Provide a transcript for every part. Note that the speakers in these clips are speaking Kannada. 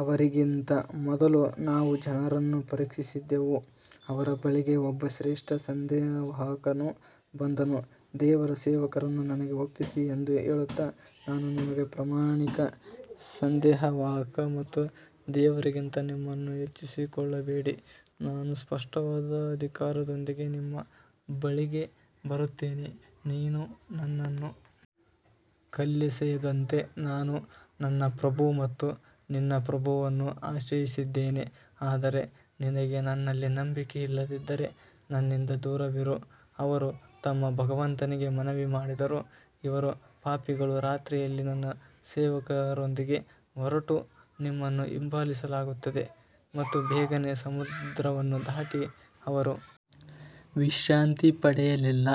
ಅವರಿಗಿಂತ ಮೊದಲು ನಾವು ಜನರನ್ನು ಪರೀಕ್ಷಿಸಿದೆವು ಅವರ ಬಳಿಗೆ ಒಬ್ಬ ಶ್ರೇಷ್ಠ ಸಂದೇಶವಾಹಕನು ಬಂದನು ದೇವರ ಸೇವಕರನ್ನು ನನಗೆ ಒಪ್ಪಿಸಿ ಎಂದು ಹೇಳುತ್ತಾ ನಾನು ನಿಮಗೆ ಪ್ರಾಮಾಣಿಕ ಸಂದೇಶವಾಹಕ ಮತ್ತು ದೇವರಿಗಿಂತ ನಿಮ್ಮನ್ನು ಹೆಚ್ಚಿಸಿಕೊಳ್ಳಬೇಡಿ, ನಾನು ಸ್ಪಷ್ಟವಾದ ಅಧಿಕಾರದೊಂದಿಗೆ ನಿಮ್ಮ ಬಳಿಗೆ ಬರುತ್ತೇನೆ ನೀನು ನನ್ನನ್ನು ಕಲ್ಲೆಸೆಯದಂತೆ ನಾನು ನನ್ನ ಪ್ರಭು ಮತ್ತು ನಿನ್ನ ಪ್ರಭುವನ್ನು ಆಶ್ರಯಿಸಿದ್ದೇನೆ ಆದರೆ ನಿನಗೆ ನನ್ನಲ್ಲಿ ನಂಬಿಕೆ ಇಲ್ಲದಿದ್ದರೆ ನನ್ನಿಂದ ದೂರವಿರು ಅವರು ತಮ್ಮ ಭಗವಂತನಿಗೆ ಮನವಿ ಮಾಡಿದರು ಇವರು ಪಾಪಿಗಳು ರಾತ್ರಿಯಲ್ಲಿ ನನ್ನ ಸೇವಕರೊಂದಿಗೆ ಹೊರಟು, ನಿಮ್ಮನ್ನು ಹಿಂಬಾಲಿಸಲಾಗುತ್ತದೆ ಮತ್ತು ಬೇಗನೆ ಸಮುದ್ರವನ್ನು ದಾಟಿ ಅವರು ವಿಶ್ರಾಂತಿ ಪಡೆಯಲಿಲ್ಲ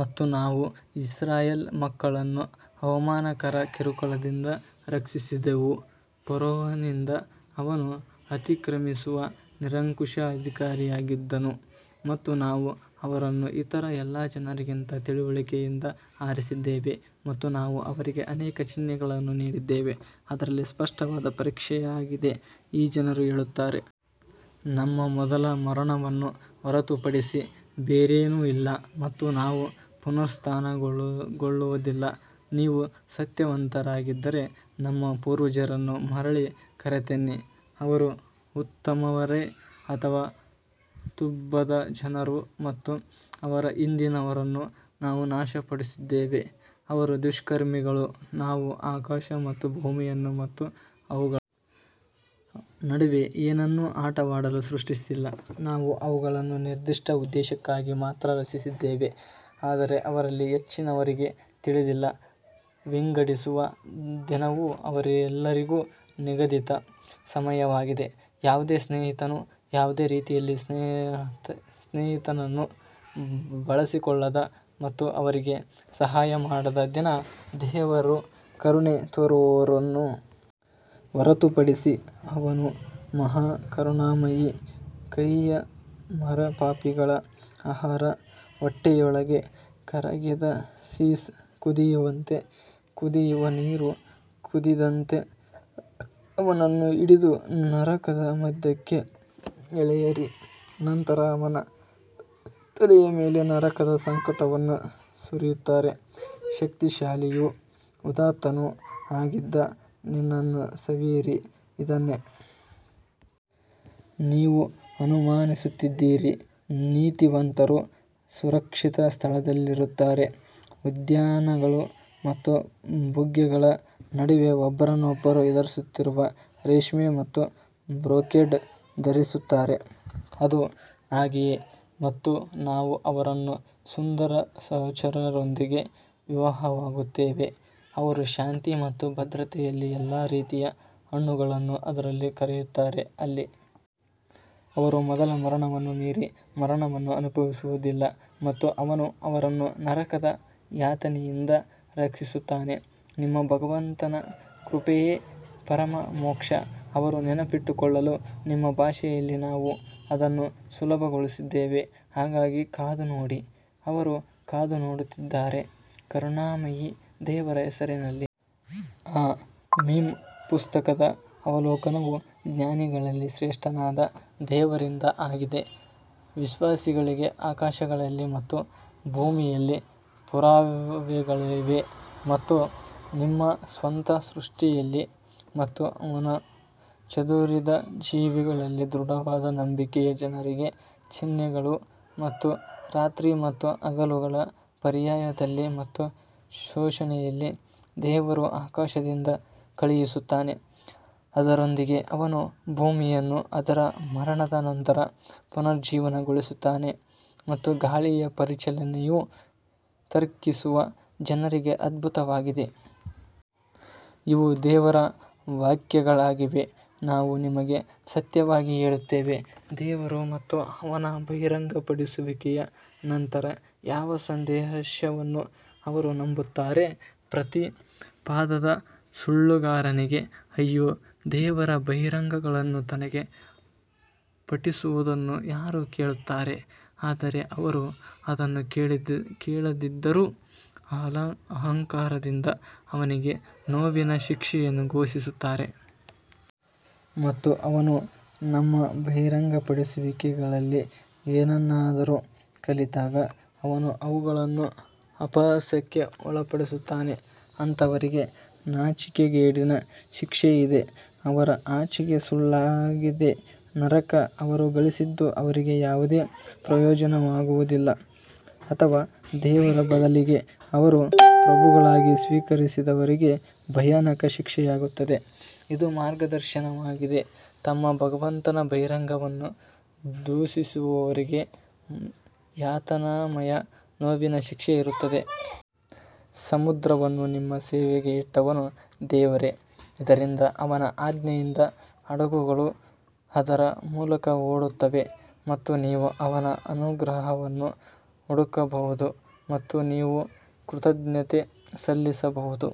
ಮತ್ತು ನಾವು ಇಸ್ರಾಯೇಲ್ ಮಕ್ಕಳನ್ನು ಅವಮಾನಕರ ಕಿರುಕುಳದಿಂದ ರಕ್ಷಿಸಿದೆವು ಫರೋಹನಿಂದ ಅವನು ಅತಿಕ್ರಮಿಸುವ ನಿರಂಕುಶಾಧಿಕಾರಿಯಾಗಿದ್ದನು ಮತ್ತು ನಾವು ಅವರನ್ನು ಇತರ ಎಲ್ಲ ಜನರಿಗಿಂತ ತಿಳುವಳಿಕೆಯಿಂದ ಆರಿಸಿದ್ದೇವೆ ಮತ್ತು ನಾವು ಅವರಿಗೆ ಅನೇಕ ಚಿಹ್ನೆಗಳನ್ನು ನೀಡಿದ್ದೇವೆ, ಅದರಲ್ಲಿ ಸ್ಪಷ್ಟವಾದ ಪರೀಕ್ಷೆಯಾಗಿದೆ ಈ ಜನರು ಹೇಳುತ್ತಾರೆ ನಮ್ಮ ಮೊದಲ ಮರಣವನ್ನು ಹೊರತುಪಡಿಸಿ ಬೇರೇನೂ ಇಲ್ಲ ಮತ್ತು ನಾವು ಪುನರುತ್ಥಾನಗೊಳ್ಳುವುದಿಲ್ಲ ನೀವು ಸತ್ಯವಂತರಾಗಿದ್ದರೆ ನಮ್ಮ ಪೂರ್ವಜರನ್ನು ಮರಳಿ ಕರೆತನ್ನಿ ಅವರು ಉತ್ತಮರೇ ಅಥವಾ ತುಬ್ಬದ ಜನರು ಮತ್ತು ಅವರ ಹಿಂದಿನವರನ್ನು ನಾವು ನಾಶಪಡಿಸಿದ್ದೇವೆ ಅವರು ದುಷ್ಕರ್ಮಿಗಳು ನಾವು ಆಕಾಶ ಮತ್ತು ಭೂಮಿಯನ್ನು ಮತ್ತು ಅವುಗಳ ನಡುವೆ ಏನನ್ನು ಆಟವಾಡಲು ಸೃಷ್ಟಿಸಿಲ್ಲ ನಾವು ಅವುಗಳನ್ನು ನಿರ್ದಿಷ್ಟ ಉದ್ದೇಶಕ್ಕಾಗಿ ಮಾತ್ರ ರಚಿಸಿದ್ದೇವೆ ಆದರೆ ಅವರಲ್ಲಿ ಹೆಚ್ಚಿನವರಿಗೆ ತಿಳಿದಿಲ್ಲ ವಿಂಗಡಿಸುವ ದಿನವು ಅವರೆಲ್ಲರಿಗೂ ನಿಗದಿತ ಸಮಯವಾಗಿದೆ ಯಾವುದೇ ಸ್ನೇಹಿತನು ಯಾವುದೇ ರೀತಿಯಲ್ಲಿ ಸ್ನೇಹಿತನನ್ನು ಬಳಸಿಕೊಳ್ಳದ ಮತ್ತು ಅವರಿಗೆ ಸಹಾಯ ಮಾಡದ ದಿನ ದೇವರು ಕರುಣೆ ತೋರುವವರನ್ನು ಹೊರತುಪಡಿಸಿ ಅವನು ಮಹಾ ಕರುಣಾಮಯಿ ಕಹಿಯ ಮರ ಪಾಪಿಗಳ ಆಹಾರ ಹೊಟ್ಟೆಯೊಳಗೆ ಕರಗಿದ ಸೀಸ ಕುದಿಯುವಂತೆ ಕುದಿಯುವ ನೀರು ಕುದಿದಂತೆ ಅವನನ್ನು ಹಿಡಿದು ನರಕದ ಮಧ್ಯಕ್ಕೆ ಎಳೆಯಿರಿ ನಂತರ ಅವನ ತಲೆಯ ಮೇಲೆ ನರಕದ ಸಂಕಟವನ್ನು ಸುರಿಯುತ್ತಾರೆ ಶಕ್ತಿಶಾಲಿಯೂ ಉದಾತ್ತನೂ ಆಗಿದ್ದ ನಿನ್ನನ್ನು ಸವಿಯಿರಿ ಇದನ್ನೇ ನೀವು ಅನುಮಾನಿಸುತ್ತಿದ್ದೀರಿ ನೀತಿವಂತರು ಸುರಕ್ಷಿತ ಸ್ಥಳದಲ್ಲಿರುತ್ತಾರೆ ಉದ್ಯಾನಗಳು ಮತ್ತು ಬುಗ್ಗೆಗಳ ನಡುವೆ ಒಬ್ಬರನ್ನೊಬ್ಬರು ಎದುರಿಸುತ್ತಿರುವ ರೇಷ್ಮೆ ಮತ್ತು ಬ್ರೊಕೇಡ್ ಧರಿಸುತ್ತಾರೆ ಅದು ಹಾಗೆಯೇ ಮತ್ತು ನಾವು ಅವರನ್ನು ಸುಂದರ ಸಹಚರರೊಂದಿಗೆ ವಿವಾಹವಾಗುತ್ತೇವೆ ಅವರು ಶಾಂತಿ ಮತ್ತು ಭದ್ರತೆಯಲ್ಲಿ ಎಲ್ಲಾ ರೀತಿಯ ಹಣ್ಣುಗಳನ್ನು ಅದರಲ್ಲಿ ಕರೆಯುತ್ತಾರೆ ಅಲ್ಲಿ ಅವರು ಮೊದಲ ಮರಣವನ್ನು ಮೀರಿ ಮರಣವನ್ನು ಅನುಭವಿಸುವುದಿಲ್ಲ ಮತ್ತು ಅವನು ಅವರನ್ನು ನರಕದ ಯಾತನೆಯಿಂದ ರಕ್ಷಿಸುತ್ತಾನೆ ನಿಮ್ಮ ಭಗವಂತನ ಕೃಪೆಯೇ ಪರಮ ಮೋಕ್ಷ ಅವರು ನೆನಪಿಟ್ಟುಕೊಳ್ಳಲು ನಿಮ್ಮ ಭಾಷೆಯಲ್ಲಿ ನಾವು ಅದನ್ನು ಸುಲಭಗೊಳಿಸಿದ್ದೇವೆ ಹಾಗಾಗಿ ಕಾದು ನೋಡಿ ಅವರೂ ಕಾದು ನೋಡುತ್ತಿದ್ದಾರೆ ಕರುಣಾಮಯಿ ದೇವರ ಹೆಸರಿನಲ್ಲಿ ಹಾ ಮೀಮ್ ಪುಸ್ತಕದ ಅವಲೋಕನವು ಜ್ಞಾನಿಗಳಲ್ಲಿ ಶ್ರೇಷ್ಠನಾದ ದೇವರಿಂದ ಆಗಿದೆ ವಿಶ್ವಾಸಿಗಳಿಗೆ ಆಕಾಶಗಳಲ್ಲಿ ಮತ್ತು ಭೂಮಿಯಲ್ಲಿ ಪುರಾವೆಗಳಿವೆ ಮತ್ತು ನಿಮ್ಮ ಸ್ವಂತ ಸೃಷ್ಟಿಯಲ್ಲಿ ಮತ್ತು ಅವನು ಚದುರಿದ ಜೀವಿಗಳಲ್ಲಿ ದೃಢವಾದ ನಂಬಿಕೆಯ ಜನರಿಗೆ ಚಿಹ್ನೆಗಳು ಮತ್ತು ರಾತ್ರಿ ಮತ್ತು ಹಗಲುಗಳ ಪರ್ಯಾಯದಲ್ಲಿ ಮತ್ತು ಪೋಷಣೆಯಲ್ಲಿ ದೇವರು ಆಕಾಶದಿಂದ ಕಳುಹಿಸುತ್ತಾನೆ, ಅದರೊಂದಿಗೆ ಅವನು ಭೂಮಿಯನ್ನು ಅದರ ಮರಣದ ನಂತರ ಪುನರುಜ್ಜೀವನಗೊಳಿಸುತ್ತಾನೆ ಮತ್ತು ಗಾಳಿಯ ಪರಿಚಲನೆಯು ತರ್ಕಿಸುವ ಜನರಿಗೆ ಅದ್ಭುತವಾಗಿದೆ. ಇವು ದೇವರ ವಾಕ್ಯಗಳಾಗಿವೆ, ನಾವು ನಿಮಗೆ ಸತ್ಯವಾಗಿ ಹೇಳುತ್ತೇವೆ, ದೇವರು ಮತ್ತು ಅವನ ಬಹಿರಂಗಪಡಿಸುವಿಕೆಯ ನಂತರ ಯಾವ ಸಂದೇಶವನ್ನು ಅವರು ನಂಬುತ್ತಾರೆ ಪ್ರತಿ ಪಾಪದ ಸುಳ್ಳುಗಾರನಿಗೆ ಅಯ್ಯೋ ದೇವರ ಬಹಿರಂಗಗಳನ್ನು ತನಗೆ ಪಠಿಸುವುದನ್ನು ಯಾರು ಕೇಳುತ್ತಾರೆ, ಆದರೆ ಅವರು ಅದನ್ನು ಕೇಳದಿದ್ದರೂ ಅಹಂಕಾರದಿಂದ ಅವನಿಗೆ ನೋವಿನ ಶಿಕ್ಷೆಯನ್ನು ಘೋಷಿಸುತ್ತಾರೆ. ಮತ್ತು ಅವನು ನಮ್ಮ ಬಹಿರಂಗಪಡಿಸುವಿಕೆಗಳಲ್ಲಿ ಏನನ್ನಾದರೂ ಕಲಿತಾಗ ಅವನು ಅವುಗಳನ್ನು ಅಪಹಾಸ್ಯಕ್ಕೆ ಒಳಪಡಿಸುತ್ತಾನೆ, ಅಂತಹವರಿಗೆ ನಾಚಿಕೆಗೇಡಿನ ಶಿಕ್ಷೆ ಇದೆ. ಅವರ ಆಚೆಗೆ ಸುಳ್ಳಾಗಿದೆ ನರಕ ಅವರು ಗಳಿಸಿದ್ದು ಅವರಿಗೆ ಯಾವುದೇ ಪ್ರಯೋಜನವಾಗುವುದಿಲ್ಲ ಅಥವಾ ದೇವರ ಬದಲಿಗೆ ಅವರು ಪ್ರಭುಗಳಾಗಿ ಸ್ವೀಕರಿಸಿದವರಿಗೆ ಭಯಾನಕ ಶಿಕ್ಷೆಯಾಗುತ್ತದೆ. ಇದು ಮಾರ್ಗದರ್ಶನವಾಗಿದೆ ತಮ್ಮ ಭಗವಂತನ ಬಹಿರಂಗವನ್ನು ದೂಷಿಸುವವರಿಗೆ ಯಾತನಾಮಯ ನೋವಿನ ಶಿಕ್ಷೆ ಇರುತ್ತದೆ. ಸಮುದ್ರವನ್ನು ನಿಮ್ಮ ಸೇವೆಗೆ ಇಟ್ಟವನು ದೇವರೇ, ಇದರಿಂದ ಅವನ ಆಜ್ಞೆಯಿಂದ ಹಡಗುಗಳು ಅದರ ಮೂಲಕ ಓಡುತ್ತವೆ ಮತ್ತು ನೀವು ಅವನ ಅನುಗ್ರಹವನ್ನು ಹುಡುಕಬಹುದು ಮತ್ತು ನೀವು ಕೃತಜ್ಞತೆ ಸಲ್ಲಿಸಬಹುದು.